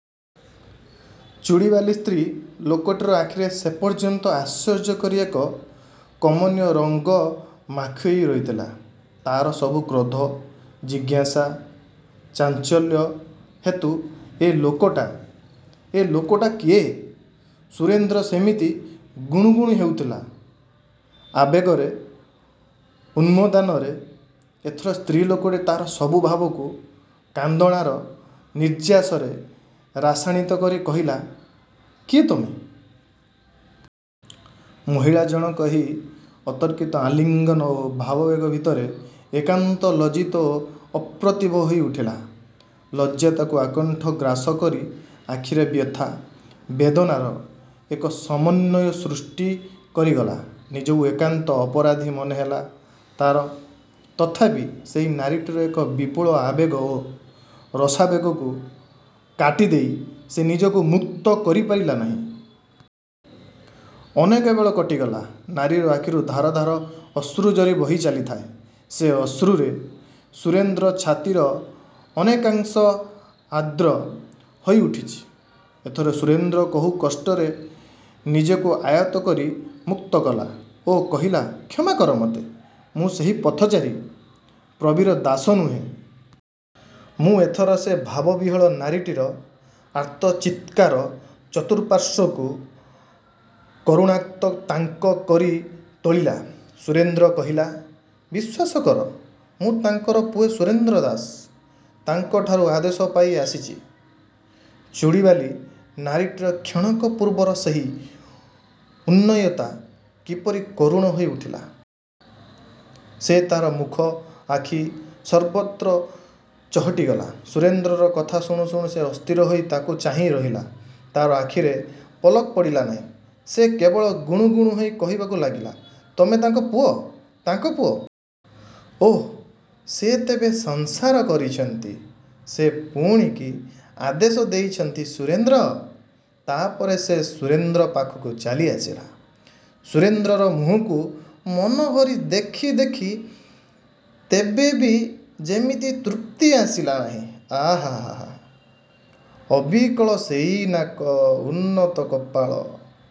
ଚୁଡ଼ିବାଲି ସ୍ତ୍ରୀ ଲୋକଟିର ଆଖିରେ ସେପର୍ଯ୍ୟନ୍ତ ଆଶ୍ଚର୍ଯ୍ୟର ଏକ କମନୀୟ ରଙ୍ଗ ମାଖି ହୋଇ ରହିଥିଲା। ତାର ସବୁ କ୍ରୋଧ, ଜିଜ୍ଞାସା, ଚାଞ୍ଚଲ୍ୟ ହେତୁ ଏ ଲୋକଟା, ଏ ଲୋକଟା କିଏ? ସୁରେନ୍ଦ୍ର ସେମିତି ଗୁଣୁ ଗୁଣୁ ହେଉଥିଲା ଆବେଗର ଉନ୍ନଦାନରେ। ଏଥର ସ୍ତ୍ରୀ ଲୋକଟି ତାର ସବୁ ଭାବକୁ କାନ୍ଦଣାର ନିର୍ଯ୍ୟାସରେ ରାସାଣିତ କରି କହିଲା କିଏ ତମେ? ମହିଳା ଜଣକ ଏହି ଅତର୍କିତ ଆଲିଙ୍ଗନ ଓ ଭାବାବେଗ ଭିତରେ ଏକାନ୍ତ ଲଜ୍ଜିତ ଓ ଅପ୍ରତିଭ ହୋଇ ଉଠିଲା। ଲଜ୍ଜା ତାକୁ ଆକଣ୍ଠ ଗ୍ରାସ କରି ଆଖିରେ ବ୍ୟଥା, ବେଦନାର ଏକ ସମନ୍ଵୟ ସୃଷ୍ଟି କରିଗଲା। ନିଜକୁ ଏକାନ୍ତ ଅପରାଧୀ ମନେ ହେଲା ତାର। ତଥାପି ସେହି ନାରୀଟିର ଏ ବିପୁଳ ଆବେଗ ଓ ରସାବେଗକୁ କାଟିଦେଇ ସେ ନିଜକୁ ମୁକ୍ତ କରିପାରିଲା ନାହିଁ। ଅନେକ ବେଳ କଟିଗଲା ନାରୀର ଆଖିରୁ ଧାର ଧାର ଅଶ୍ରୁ ଝରି ବହି ଚାଲିଥାଏ। ସେ ଅଶ୍ରୁରେ ସୁରେନ୍ଦ୍ର ଛାତିର ଅନେକାଂଶ ଆର୍ଦ୍ର ହୋଇଉଠୁଚି। ଏଥର ସୁରେନ୍ଦ୍ର ବହୁ କଷ୍ଟରେ ନିଜକୁ ଆୟତ୍ତ କରି ମୁକ୍ତକଲା ଓ କହିଲା କ୍ଷମା କର ମତେ, ମୁଁ ସେହି ପଥଚାରୀ ପ୍ରବୀର ଦାସ ନୁହେଁ। ମୁଁ ଏଥର ସେ ଭାବବିହ୍ୱଳା ନାରୀଟିର ଆର୍ତ୍ତ ଚିତ୍କାର ଚତୁଃପାର୍ଶ୍ଵକୁ କରୁଣାକ୍ତ ତାଙ୍କ କରି ତୋଳିଲା। ସୁରେନ୍ଦ୍ର କହିଲା, ବିଶ୍ଵାସ କର ମୁଁ ତାଙ୍କର ପୁଅ ସୁରେନ୍ଦ୍ର ଦାସ। ତାଙ୍କଠାରୁ ଆଦେଶ ପାଇ ଆସିଚି। ଚୁଡ଼ିବାଲି ନାରୀଟିର କ୍ଷଣକ ପୂର୍ବର ସେହି ଉନ୍ନୟତା କିପରି କରୁଣ ହୋଇ ଉଠିଲା। ସେ ତାର ମୁଖ, ଆଖି ସର୍ବତ୍ର ଚହଟି ଗଲା। ସୁରେନ୍ଦ୍ରର କଥା ଶୁଣୁ ଶୁଣୁ ସେ ଅସ୍ଥିର ହୋଇ ତାକୁ ଚାହିଁ ରହିଲା, ତାର ଆଖିରେ ପଲକ ପଡ଼ିଲା ନାହିଁ। ସେ କେବଳ ଗୁଣୁ ଗୁଣୁ ହୋଇ କହିବାକୁ ଲାଗିଲା, ତମେ ତାଙ୍କ ପୁଅ, ତାଙ୍କ ପୁଅ। ଓଃ, ସେ ତେବେ ସଂସାର କରିଚନ୍ତି। ସେ ପୁଣି କି ଆଦେଶ ଦେଇଛନ୍ତି ସୁରେନ୍ଦ୍ର? ତାପରେ ସେ ସୁରେନ୍ଦ୍ରର ପାଖକୁ ଚାଲି ଆସିଲା। ସୁରେନ୍ଦ୍ରର ମୁହଁକୁ ମନ ଭରି ଦେଖି ଦେଖି ତେବେ ବି ଯିମିତି ତୃପ୍ତି ଆସିଲା ନାହିଁ। ଆଃ ଅବିକଳ ସେଇ ନାକ, ଉନ୍ନତ କପାଳ।